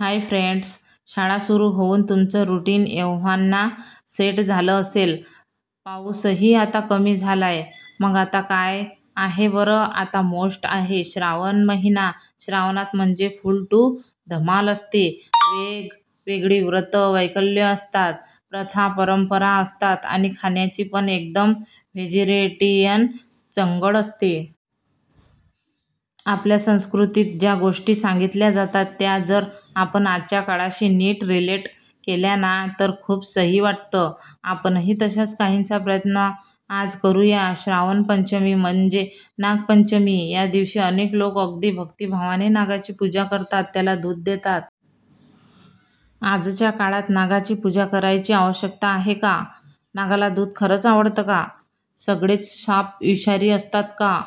हाय friends! शाळा सुरु होऊन तुमचं रुटीन एव्हाना सेट झालं असेल. पाऊसही आता कमी झालाय. मग आता काय आहे बरं? आता मोस्ट आहे श्रावण महिना! श्रावणात म्हणजे फुल टू धमाल असते. वेग वेगळी व्रतं वैकल्य असतात, प्रथा परंपरा असतात आणि खाण्याची पण एकदम व्हेजिटेरियन चंगळ असते. आपल्या संस्कृतीत ज्या गोष्टी सांगितल्या जातात त्या जर आपण आजच्या काळाशी नीट रिलेट केल्या ना, तर खूप सही वाटतं. आपणही तसाच काहीसा प्रयत्न आज करूया. श्रावण पंचमी म्हणजे नाग पंचमी. या दिवशी अनेक लोक अगदी भक्तीभावाने नागाची पूजा करतात, त्याला दूध देतात. आजच्या काळात नागाची पूजा करायची आवश्यकता आहे का? नागाला दूध खरंच आवडतं का? सगळेच साप विषारी असतात का?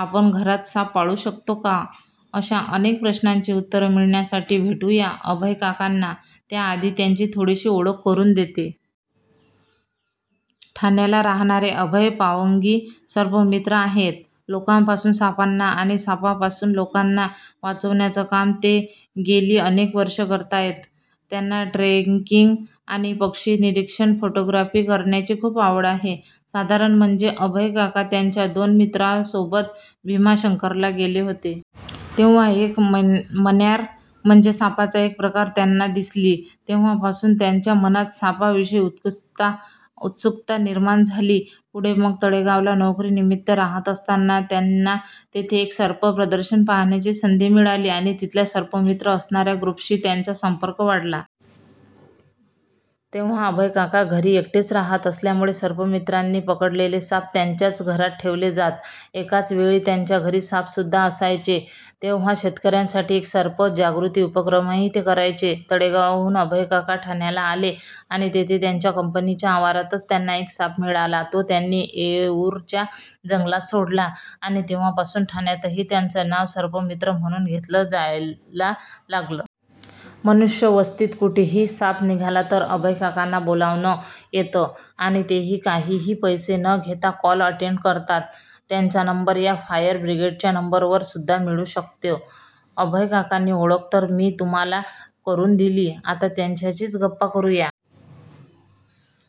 आपण घरात साप पाळू शकतो का? अशा अनेक प्रश्नांची उत्तरं मिळवण्यासाठी भेटूया अभय काकांना. त्या आधी त्यांची थोडीशी ओळख करून देते. ठाण्याला राहणारे अभय पावगी सर्पमित्र आहेत. लोकांपासून सापांना आणि सापांपासून लोकांना वाचवण्याचं काम ते गेली अनेक वर्षं करतायत. त्यांना ट्रेकिंग, आणि पक्षी -निरीक्षण, फोटोग्राफी करण्याची खूप आवड आहे. साधारण मध्ये अभयकाका त्यांच्या दोन मित्रांसोबत भीमाशंकरला गेले होते. तेव्हा एक मण्यार म्हणजे सापाचा एक प्रकार त्यांना दिसली. तेव्हापासून त्यांच्या मनात सापां विषयी उत्सुकता निर्माण झाली. पुढे मग तळेगावला नोकरी निमित्त राहत असताना त्यांना तिथे एक सर्प प्रदर्शन पाहण्याची संधी मिळाली आणि तिथल्या सर्पमित्र असणाऱ्या ग्रुपशी त्यांचा संपर्क वाढला. तेव्हा अभय काका घरी एकटेच राहत असल्यामुळे सर्पमित्रांनी पकडलेले साप त्यांच्याच घरात ठेवले जात. एकाच वेळी त्यांच्या घरी साप सुद्धा असायचे! तेव्हा शेतकऱ्यांसाठी एक सर्प जागृती उपक्रमही ते करयचे. तळेगावहून अभयकाका ठाण्याला आले आणि तिथे त्यांच्या कंपनीच्या आवारातच त्यांना एक साप मिळाला, तो त्यांनी येऊरच्या जंगलात सोडला आणि तेव्हा पासून ठाण्यातही त्यांचं नाव सर्पमित्र म्हणून घेतलं जायला लागलं. मनुष्य वस्तीत कुठेही साप निघाला तर अभय काकांना बोलावणं येतं आणि तेही काहीही पैसे न घेता कॉल अटेंड करतात. त्यांचा नंबर या फायर ब्रिगेडच्या नंबरवर सुद्धा मिळू शकतो. अभय काकांची ओळख तर मी तुम्हाला करून दिली, आता त्यांच्याशीच गप्पा करूया.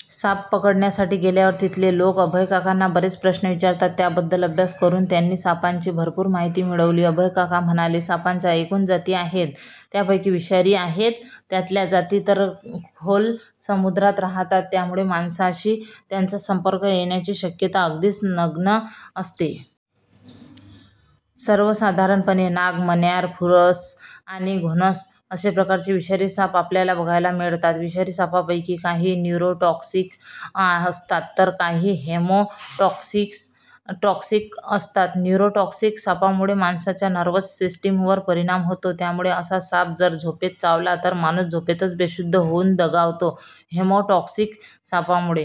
साप पकडण्यासाठी गेल्यावर तिथले लोक अभयकाकांना बरेच प्रश्न विचारात. त्याबद्दल अभ्यास करून त्यांनी सापांची भरपूर माहिती मिळवली. अभयकाका म्हणाले, सापांच्या एकूण जाती आहेत. त्यापैकी विषारी आहेत. त्यातल्या जाती तर खोल समुद्रात राहतात. त्यामुळे माणसांशी त्यांचा संपर्क येण्याची शक्यता अगदीच नगण्य असते. सर्वसाधारणपणे नाग, मण्यार, फुरसं आणि घोणस असे प्रकारचे विषारी साप आपल्याला बघायला मिळतात. विषारी सापांपैकी काही न्युरो टॉक्सिक असतात तर काही हेमो टॉक्सिक असतात. न्युरो टॉक्सिक सापांमुळे माणसाच्या नर्व्हस सिस्टीमवर परिणाम होतो. त्यामुळे असा साप जर झोपेत चावला तर माणूस झोपेतच बेशुद्ध होऊन दगावतो. Haemo toxic सापांमुळे